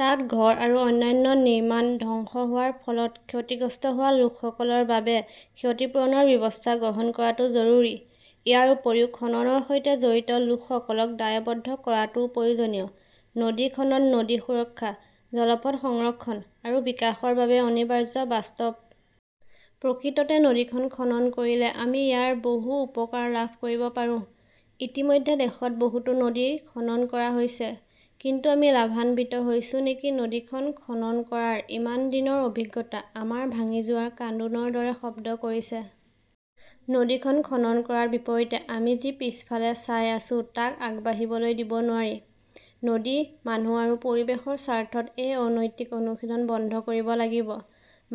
তাত ঘৰ আৰু অন্যান্য নিৰ্মাণ ধ্বংস হোৱাৰ ফলত ক্ষতিগ্ৰস্ত হোৱা লোকসকলৰ বাবে ক্ষতিপূৰণৰ ব্যৱস্থা গ্ৰহণ কৰাটো জৰুৰী। ইয়াৰ উপৰিও খননৰ সৈতে জড়িত লোকসকলক দায়বদ্ধ কৰাটোও প্ৰয়োজনীয়। নদী খনন নদী সুৰক্ষা, জলপথ সংৰক্ষণ আৰু বিকাশৰ বাবে অনিবাৰ্য বাস্তৱ। প্ৰকৃততে নদীখন খনন কৰিলে আমি ইয়াৰ বহু উপকাৰ লাভ কৰিব পাৰোঁ। ইতিমধ্যে দেশত বহুতো নদী খনন কৰা হৈছে। কিন্তু আমি লাভান্বিত হৈছো নেকি নদীখন খনন কৰাৰ ইমান দিনৰ অভিজ্ঞতা আমাৰ ভাঙি যোৱাৰ কান্দোনৰ দৰে শব্দ কৰিছে। নদীখন খনন কৰাৰ বিপৰীতে আমি যি পিছফালে চাই আছো তাক আগবাঢ়িবলৈ দিব নোৱাৰি। নদী, মানুহ আৰু পৰিৱেশৰ স্বাৰ্থত এই অনৈতিক অনুশীলন বন্ধ কৰিব লাগিব।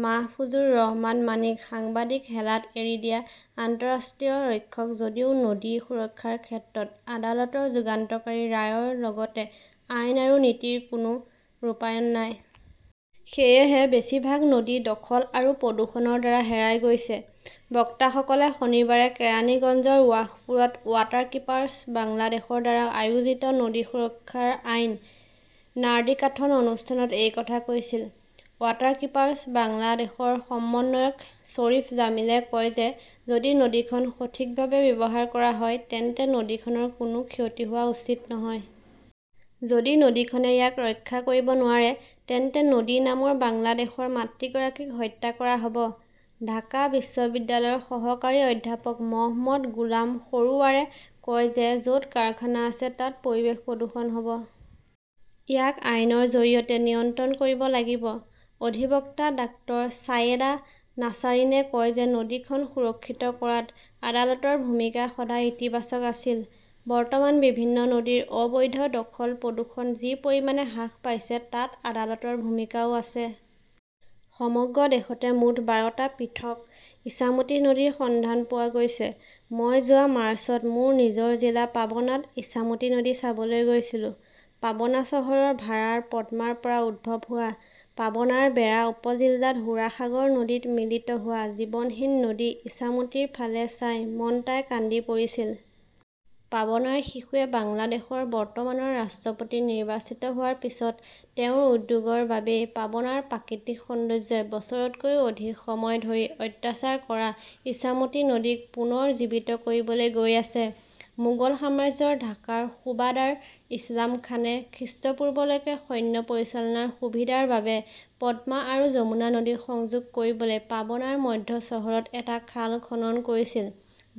মাহফুজুৰ ৰহমান মাণিকঃ সাংবাদিক হেলাত এৰি দিয়া আন্তঃৰাষ্ট্ৰীয় ৰক্ষক যদিও নদী সুৰক্ষাৰ ক্ষেত্ৰত আদালতৰ যুগান্তকাৰী ৰায়ৰ লগতে আইন আৰু নীতিৰ কোনো ৰূপায়ণ নাই। সেয়েহে বেছিভাগ নদী দখল আৰু প্ৰদূষণৰ দ্বাৰা হেৰাই গৈছে। বক্তাসকলে শনিবাৰে কেৰানিগঞ্জৰ ৱাশপুৰত ৱাটাৰকীপাৰ্ছ বাংলাদেশৰ দ্বাৰা আয়োজিত নদী সুৰক্ষাৰ আইন নাৰ্দিকাথন অনুষ্ঠানত এই কথা কৈছিল। ৱাটাৰকীপাৰ্ছ বাংলাদেশৰ সমন্বয়ক শ্বৰীফ জামিলে কয় যে যদি নদীখন সঠিকভাৱে ব্যৱহাৰ কৰা হয় তেন্তে নদীখনৰ কোনো ক্ষতি হোৱা উচিত নহয়। যদি নদীখনে ইয়াক ৰক্ষা কৰিব নোৱাৰে, তেন্তে নদী নামৰ বাংলাদেশৰ মাতৃগৰাকীক হত্যা কৰা হ 'ব। ঢাকা বিশ্ববিদ্যালয়ৰ সহকাৰী অধ্যাপক মহম্মদ গোলাম সৰোৱাৰে কয় যে য 'ত কাৰখানা আছে তাত পৰিৱেশ প্ৰদূষণ হ' ব। ইয়াক আইনৰ জৰিয়তে নিয়ন্ত্ৰণ কৰিব লাগিব। অধিবক্তা ডাঃ ছায়েদা নাছাৰিনে কয় যে নদীখন সুৰক্ষিত কৰাত আদালতৰ ভূমিকা সদায় ইতিবাচক আছিল। বৰ্তমান বিভিন্ন নদীৰ অবৈধ দখল-প্ৰদূষণ যি পৰিমাণে হ্ৰাস পাইছে তাত আদালতৰ ভূমিকাও আছে। সমগ্ৰ দেশতে মুঠ বাৰ টা পৃথক ইছামতী নদীৰ সন্ধান পোৱা গৈছে। মই যোৱা মাৰ্চত মোৰ নিজৰ জিলা পাবনাত ইছামতী নদী চাবলৈ গৈছিলো। পাবনা চহৰৰ ভাৰাৰ পদ্মাৰ পৰা উদ্ভৱ হোৱা, পাবনাৰ বেৰা উপজিল্লাত হুৰাসাগৰ নদীত মিলিত হোৱা জীৱনহীন নদী ইছামতীৰ ফালে চাই মন্টাই কান্দি পৰিছিল। পাবনাৰ শিশুৱে বাংলাদেশৰ বৰ্তমানৰ ৰাষ্ট্ৰপতি নিৰ্বাচিত হোৱাৰ পিছত তেওঁৰ উদ্যোগৰ বাবেই পাবনাৰ প্ৰাকৃতিক সৌন্দৰ্যই বছৰতকৈও অধিক সময় ধৰি অত্যাচাৰ কৰা ইছামতী নদীক পুনৰ জীৱিত কৰিবলৈ গৈ আছে। মোগল সাম্ৰাজ্যৰ ঢাকাৰ সুবাদাৰ ইছলাম খানে খ্ৰীষ্টপূৰ্বলৈকে সৈন্য পৰিচালনাৰ সুবিধাৰ বাবে পদ্মা আৰু যমুনা নদীক সংযোগ কৰিবলৈ পাবনাৰ মধ্য চহৰত এটা খাল খনন কৰিছিল,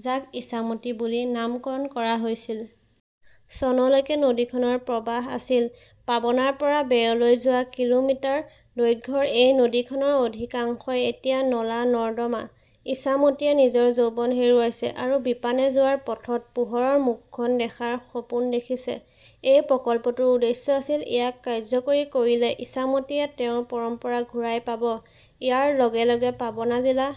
যাক ইছামতী বুলি নামকৰণ কৰা হৈছিল। চনলৈকে নদীখনৰ প্ৰবাহ আছিল। পাবনাৰ পৰা বেৰলৈ যোৱা কিলোমিটাৰ দৈৰ্ঘ্যৰ এই নদীখনৰ অধিকাংশই এতিয়া নলা-নৰ্দমা। ইছামতীয়ে নিজৰ যৌৱন হেৰুৱাইছে আৰু বিপানে যোৱাৰ পথত পোহৰৰ মুখখন দেখাৰ সপোন দেখিছে। এই প্ৰকল্পটোৰ উদ্দেশ্য আছিল-ইয়াক কাৰ্যকৰী কৰিলে ইছামতীয়ে তেওঁৰ পৰম্পৰা ঘূৰাই পাব। ইয়াৰ লগে লগে পাবনা জিলা